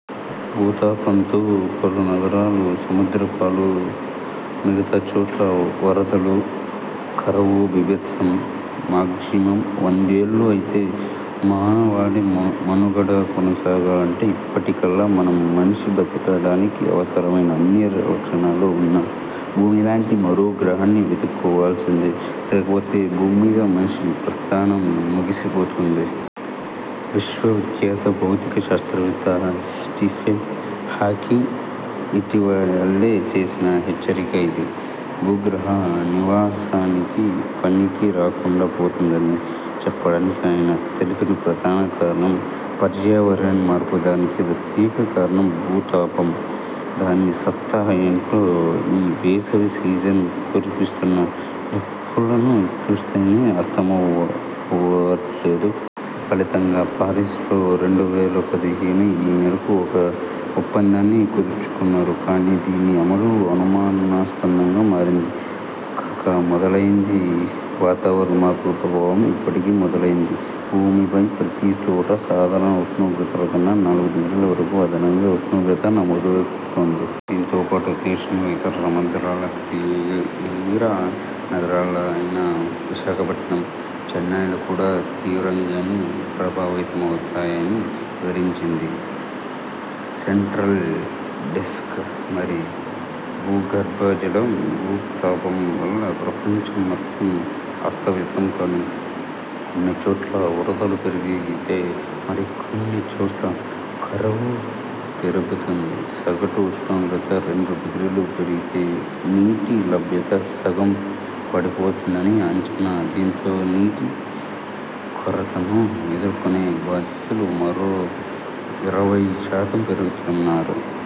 భూతాపంతో పలు నగరాలు సముద్రంపాలు మిగతా చోట్ల వరదలు కరవు బీభత్సం మాగ్జిమం వందేళ్లు అంతే! మానవాళి మనుగడ కొనసాగాలంటే అప్పటికల్లా మనం మనిషి బతకడానికి అవసరమైన అన్ని లక్షణాలూ ఉన్న భూమిలాంటి మరో గ్రహాన్ని వెతుక్కోవాల్సిందే! లేకపోతే భూమ్మీద మనిషి ప్రస్థానం ముగిసిపోతుంది. విశ్వ విఖ్యాత భౌతిక శాస్త్రవేత్త స్టీఫెన్ హాకింగ్ ఇటీవలే చేసిన హెచ్చరిక ఇది. భూగ్రహం నివాసానికి పనికిరాకుండా పోతుందని చెప్పడానికి ఆయన తెలిపిన ప్రధాన కారణం. పర్యావరణ మార్పు దానికి ప్రత్యక్ష కారణం భూతాపం. దాని సత్తా ఏంటో ఈ వేసవి సీజన్ కురిపిస్తున్న నిప్పులను చూస్తేనే అర్థమైపోవట్లేదూ? ఫలితంగా పారిస్ లో రెండు వేల పదిహేనులో ఈ మేరకు ఒక ఒప్పందాన్ని కుదుర్చుకున్నారు. కానీ దీని అమలూ అనుమానాస్పదంగా మారింది. కాక మొదలైంది.! వాతావరణ మార్పుల ప్రభావం ఇప్పటికే మొదలైంది. భూమిపై ప్రతి చోటా సాధారణ ఉష్ణోగ్రతలకన్నా నాలుగు డిగ్రీల వరకు అదనంగా ఉష్ణోగ్రత నమోదవుతోంది. దీంతో పాటు దేశంలో ఇతర సముద్ర తీర నగరాలైన విశాఖపట్నం, చెన్నైలు కూడా తీవ్రంగానే ప్రభావితమవుతాయని వివరించింది. సెంట్రల్ డెస్క్ మరి భూగర్భజలం భూతాపం వల్ల ప్రపంచం మొత్తం అస్తవ్యస్తం కానుంది. కొన్ని చోట్ల వరదలు పెరిగితే మరికొన్ని చోట్ల కరువు పెరుగుతుంది. సగటు ఉష్ణోగ్రత రెండు డిగ్రీలు పెరిగితే నీటి లభ్యత సగం పడిపోతుందని అంచనా. దీంతో నీటి కొరతను ఎదుర్కొనే బాధితులు మరో ఇరవై శాతం పెరుగుతారు.